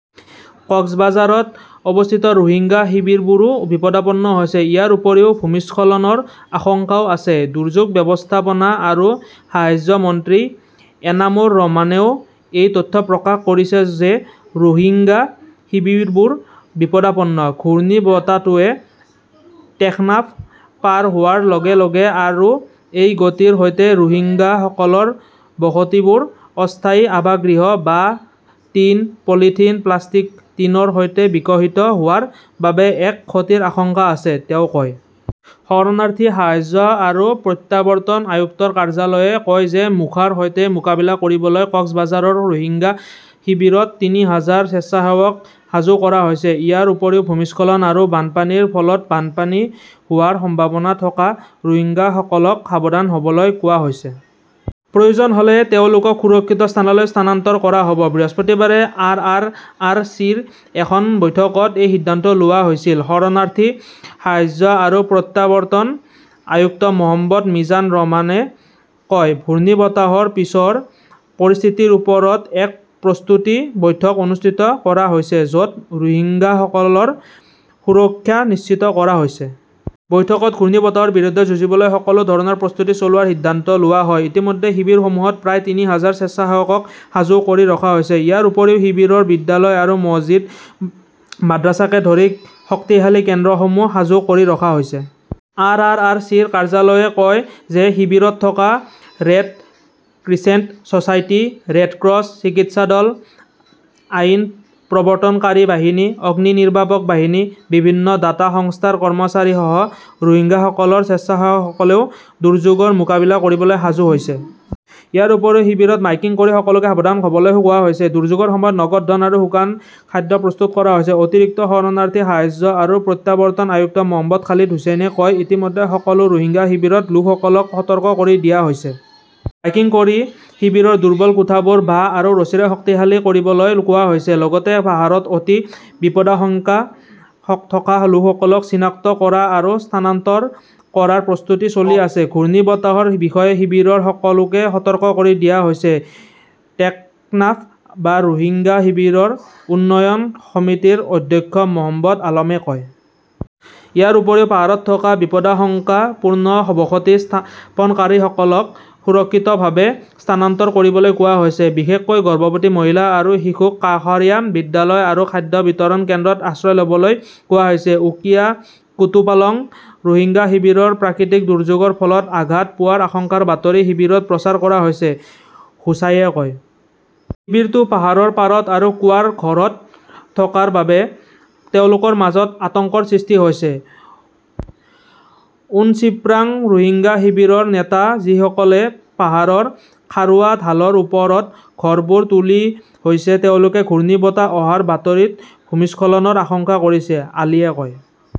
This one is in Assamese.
কক্সবাঝাৰত অৱস্থিত ৰোহিংগ্যা শিবিৰবোৰো বিপদাপন্ন হৈছে। ইয়াৰ উপৰিও ভূমিস্খলনৰ আশংকাও আছে। দুৰ্যোগ ব্যৱস্থাপনা আৰু সাহায্য মন্ত্ৰী এনামুৰ ৰহমানেও এই তথ্য প্ৰকাশ কৰিছে যে ৰোহিংগ্যা শিবিৰবোৰ বিপদাপন্ন। "ঘূৰ্ণীবতাহটোৱে টেকনাফ পাৰ হোৱাৰ লগে লগে আৰু এই গতিৰ সৈতে, ৰোহিংগাসকলৰ বসতিবোৰ অস্থায়ী আৱাসগৃহ, বাঁহ, টিন, পলিথিন, প্লাষ্টিক টিনৰ সৈতে বিকশিত হোৱাৰ বাবে-এক ক্ষতিৰ আশংকা আছে", তেওঁ কয়। শৰণাৰ্থী সাহায্য আৰু প্ৰত্যাৱৰ্তন আয়ুক্তৰ কাৰ্যালয়ে কয় যে মোখাৰ সৈতে মোকাবিলা কৰিবলৈ কক্সবাজাৰৰ ৰোহিংগ্যা শিবিৰত তিনি হাজাৰ স্বেচ্ছাসেৱক সাজু কৰা হৈছে। ইয়াৰ উপৰিও, ভূমিস্খলন আৰু বানপানীৰ ফলত বানপানী হোৱাৰ সম্ভাৱনা থকা ৰোহিংগাসকলক সাৱধান হ'বলৈ কোৱা হৈছে। প্ৰয়োজন হ'লে তেওঁলোকক সুৰক্ষিত স্থানলৈ স্থানান্তৰ কৰা হ'ব। বৃহস্পতিবাৰে আৰ. আৰ. আৰ. চি. ৰ এখন বৈঠকত এই সিদ্ধান্ত লোৱা হৈছিল। শৰণাৰ্থী সাহায্য আৰু প্ৰত্যাৱৰ্তন আয়ুক্ত মহম্মদ মিজান ৰহমানে কয়, ঘূৰ্ণীবতাহৰ পিছৰ পৰিস্থিতিৰ ওপৰত এক প্ৰস্তুতি বৈঠক অনুষ্ঠিত কৰা হৈছে, য'ত ৰোহিংগাসকলৰ সুৰক্ষা নিশ্চিত কৰা হৈছে। বৈঠকত ঘূৰ্ণীবতাহৰ বিৰুদ্ধে যুঁজিবলৈ সকলো ধৰণৰ প্ৰস্তুতি চলোৱাৰ সিদ্ধান্ত লোৱা হয়। ইতিমধ্যে শিবিৰসমূহত প্ৰায় তিনি হাজাৰ স্বেচ্ছাসেৱকক সাজু কৰি ৰখা হৈছে। ইয়াৰ উপৰিও শিবিৰৰ বিদ্যালয় আৰু মছজিদ মাদ্ৰাছাকে ধৰি শক্তিশালী কেন্দ্ৰসমূহ সাজু কৰি ৰখা হৈছে। আৰ. আৰ. আৰ. চি. ৰ কাৰ্যালয়ে কয় যে শিবিৰত থকা red crescent society, red cross, চিকিৎসা দল, আইন প্ৰৱৰ্তনকাৰী বাহিনী, অগ্নিনিৰ্বাপক বাহিনী, বিভিন্ন দাতা সংস্থাৰ কৰ্মচাৰীসহ ৰোহিংগাসকলৰ স্বেচ্ছাসেৱকসকলেও দুৰ্যোগৰ মোকাবিলা কৰিবলৈ সাজু হৈছে। ইয়াৰ উপৰিও শিবিৰত মাইকিং কৰি সকলোকে সাৱধান হ'বলৈ কোৱা হৈছে। দুৰ্যোগৰ সময়ত নগদ ধন আৰু শুকান খাদ্য প্ৰস্তুত কৰা হৈছে। অতিৰিক্ত শৰণাৰ্থী সাহায্য আৰু প্ৰত্যাৱৰ্তন আয়ুক্ত মহম্মদ খালিদ হুচেইনে কয়, ইতিমধ্যে সকলো ৰোহিংগ্যা শিবিৰত লোকসকলক সতৰ্ক কৰি দিয়া হৈছে। মাইকিং কৰি শিবিৰৰ দুৰ্বল কোঠাবোৰ বাঁহ আৰু ৰছীৰে শক্তিশালী কৰিবলৈ কোৱা হৈছে। লগতে পাহাৰত অতি বিপদাশংকা থকা লোকসকলক চিনাক্ত কৰা আৰু স্থানান্তৰ কৰাৰ প্ৰস্তুতি চলি আছে। ঘূৰ্ণীবতাহৰ বিষয়ে শিবিৰৰ সকলোকে সতৰ্ক কৰি দিয়া হৈছে, টেকনাফ বা ৰোহিংগ্যা শিবিৰৰ উন্নয়ন সমিতিৰ অধ্যক্ষ মহম্মদ আলমে কয়। ইয়াৰ উপৰিও পাহাৰত থকা বিপদাশংকাপূৰ্ণ বসতি স্থাপনকাৰীসকলক সুৰক্ষিতভাৱে স্থানান্তৰ কৰিবলৈ কোৱা হৈছে। বিশেষকৈ গৰ্ভৱতী মহিলা আৰু শিশুক কাষৰীয়া বিদ্যালয় আৰু খাদ্য বিতৰণ কেন্দ্ৰত আশ্ৰয় ল'বলৈ কোৱা হৈছে। উকিয়া কুতুপালং ৰোহিংগ্যা শিবিৰৰ প্ৰাকৃতিক দুৰ্যোগৰ ফলত আঘাত পোৱাৰ আশংকাৰ বাতৰি শিবিৰত প্ৰচাৰ কৰা হৈছে, হোচাইয়ে কয়। শিবিৰটো পাহাৰৰ পাৰত আৰু কুঁৱাৰ ঘৰত থকাৰ বাবে তেওঁলোকৰ মাজত আতংকৰ সৃষ্টি হৈছে। উনচিপ্ৰাং ৰোহিংগ্যা শিবিৰৰ নেতা যিসকলে পাহাৰৰ খাৰুৱা ঢালৰ ওপৰত ঘৰবোৰ তুলি লৈছে তেওঁলোকে ঘূৰ্ণীবতাহ অহাৰ বাতৰিত ভূমিস্খলনৰ আশংকা কৰিছে, আলীয়ে কয়।